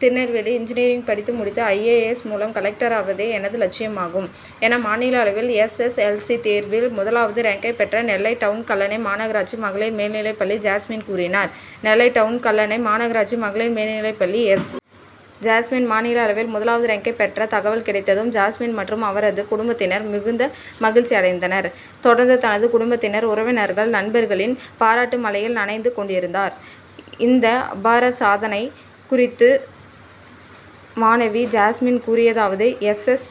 Tirunelveli engineering படித்து முடித்து I. A. S மூலம் கலெக்டராவதே எனது லட்சியமாகும் என மாநில அளவில் எஸ். எஸ். எல். சி தேர்வில் முதலாவது ரேங்க்கை பெற்ற நெல்லை டவுன் கல்லணை மாநகராட்சி மகளிர் மேல்நிலைப் பள்ளி ஜாஸ்மின் கூறினார். நெல்லை டவுன் கல்லணை மாநகராட்சி மகளிர் மேல்நிலைப் பள்ளி எஸ். ஜாஸ்மின். மாநில அளவில் முதலாவது ரேங்க் பெற்ற தகவல் கிடைத்ததும் ஜாஸ்மின் மற்றும் அவரது குடும்பத்தினர் மிகுந்த மகிழ்ச்சி அடைந்தனர். தொடர்ந்து தனது குடும்பத்தினர், உறவினர்கள், நண்பர்களின் பாராட்டு மழையில் நனைந்து கொண்டிருந்தார். இந்த அபார சாதனை குறித்து மாணவி ஜாஸ்மின் கூறியதாவது எஸ். எஸ்.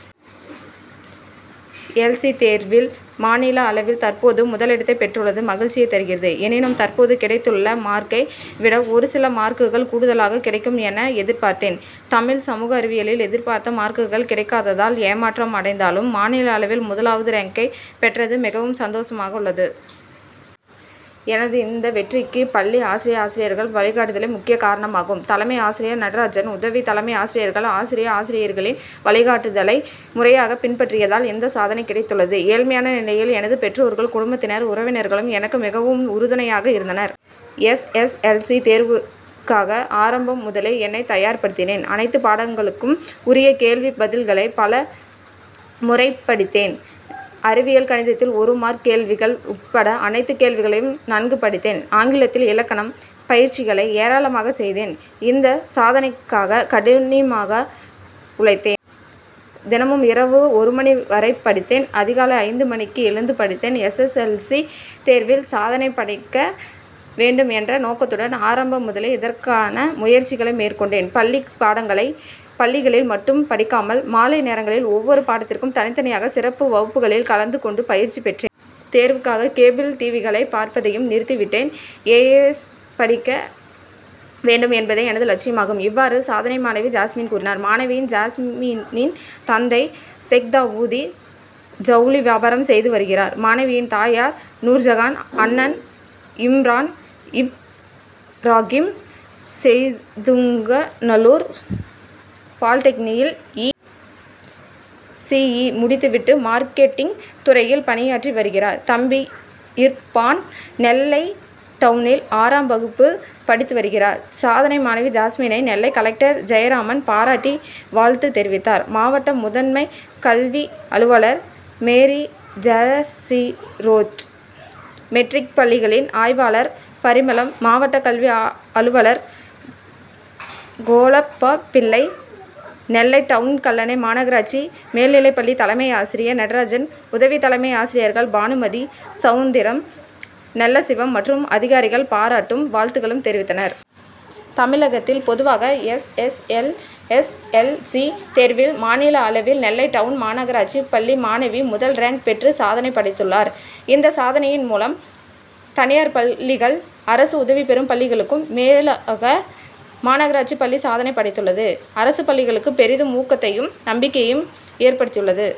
எல். சி தேர்வில் மாநில அளவில் தற்போது முதல் இடத்தை பெற்றுள்ளது மகிழ்ச்சியை தருகிறது. எனினும், தற்போது கிடைத்துள்ள மார்க்கை விட ஒரு சில மார்க்குகள் கூடுதலாக கிடைக்கும் என எதிர்பார்த்தேன். தமிழ், சமூக அறிவியலில் எதிர்பார்த்த மார்க்குகள் கிடைக்காததால் ஏமாற்றம் அடைந்தாலும் மாநில அளவில் முதலாவது ரேங்கை பெற்றது மிகவும் சந்தோஷமாக உள்ளது. எனது இந்த வெற்றிக்கு பள்ளி ஆசிரிய, ஆசிரியைகள் வழிகாட்டுதலே முக்கிய காரணமாகும். தலைமை ஆசிரியர் நடராஜன், உதவி தலைமை ஆசிரியர்கள், ஆசிரிய, ஆசிரியைகளின் வழிகாட்டுதலை முறையாக பின்பற்றியதால் இந்த சாதனை கிடைத்துள்ளது. ஏழ்மையான நிலையில் எனது பெற்றோர்கள், குடும்பத்தினர், உறவினர்களும் எனக்கு மிகவும் உறுதுணையாக இருந்தனர். எஸ். எஸ். எல். சி தேர்வுக்காக ஆரம்பம் முதலே என்னை தயார்படுத்தினேன். அனைத்து பாடங்களுக்கும் உரிய கேள்வி பதில்களை பல முறை படித்தேன். அறிவியல், கணிதத்தில் ஒரு மார்க் கேள்விகள் உட்பட அனைத்து கேள்விகளையும் நன்கு படித்தேன். ஆங்கிலத்தில் இலக்கணம், பயிற்சிகளை ஏராளமாக செய்தேன். இந்த சாதனைக்காக கடினமாக உழைத்தேன். தினமும் இரவு ஒரு மணி வரை படித்தேன். அதிகாலை ஐந்து மணிக்கு எழுந்து படித்தேன். எஸ். எஸ். எல். சி தேர்வில் சாதனை படைக்க வேண்டும் என்ற நோக்கத்துடன் ஆரம்பம் முதலே இதற்கான முயற்சிகளை மேற்கொண்டேன். பள்ளி பாடங்களை பள்ளிகளில் மட்டும் படிக்காமல் மாலை நேரங்களில் ஒவ்வொரு பாடத்திற்கும் தனித்தனியாக சிறப்பு வகுப்புகளில் கலந்து கொண்டு பயிற்சி பெற்றேன். தேர்வுக்காக கேபிள் டிவிக்களை பார்ப்பதையும் நிறுத்தி விட்டேன். ஏ. எஸ் படிக்க வேண்டும் என்பதே எனது லட்சியமாகும். இவ்வாறு சாதனை மாணவி ஜாஸ்மின் கூறினார். மாணவி ஜாஸ்மினின் தந்தை சேக்தாவூது ஜவுளி வியாபாரம் செய்து வருகிறார். மாணவியின் தாயார் நூர்ஜஹான். அண்ணன் இம்ரான் இப்ராகிம் செய்துங்கநல்லூர் பாலிடெக்னிக்கில் இ. சி. இ முடித்து விட்டு மார்க்கெட்டிங் துறையில் பணியாற்றி வருகிறார். தம்பி இர்பான் நெல்லை டவுனில் ஆறாம் வகுப்பு படித்து வருகிறார். சாதனை மாணவி ஜாஸ்மினை, நெல்லை கலெக்டர் ஜெயராமன் பாராட்டி வாழ்த்து தெரிவித்தார். மாவட்ட முதன்மை கல்வி அலுவலர் மேரிஜெசிரோச், மெட்ரிக் பள்ளிகளின் ஆய்வாளர் பரிமளம், மாவட்ட கல்வி அலுவலர் கோலப்ப பிள்ளை, நெல்லை டவுன் கல்லணை மாநகராட்சி மேல்நிலைப் பள்ளி தலைமை ஆசிரியர் நடராஜன், உதவி தலைமை ஆசிரியர்கள் பானுமதி, சவுந்திரம், நல்லசிவம் மற்றும் அதிகாரிகள் பாராட்டும், வாழ்த்தும் தெரிவித்தனர். தமிழகத்தில் பொதுவாக S. S. L. S. L. C தேர்வில் மாநில அளவில் நெல்லை டவுன் மாநகராட்சி பள்ளி மாணவி முதல் ரேங்க் பெற்று சாதனை படைத்துள்ளார். இந்த சாதனையின் மூலம் தனியார் பள்ளிகள், அரசு உதவி பெறும் பள்ளிகளுக்கும் மேலாக மாநகராட்சி பள்ளி சாதனை படைத்துள்ளது அரசு பள்ளிகளுக்கு பெரிதும் ஊக்கத்தையும், நம்பிக்கையையும் ஏற்படுத்தியுள்ளது.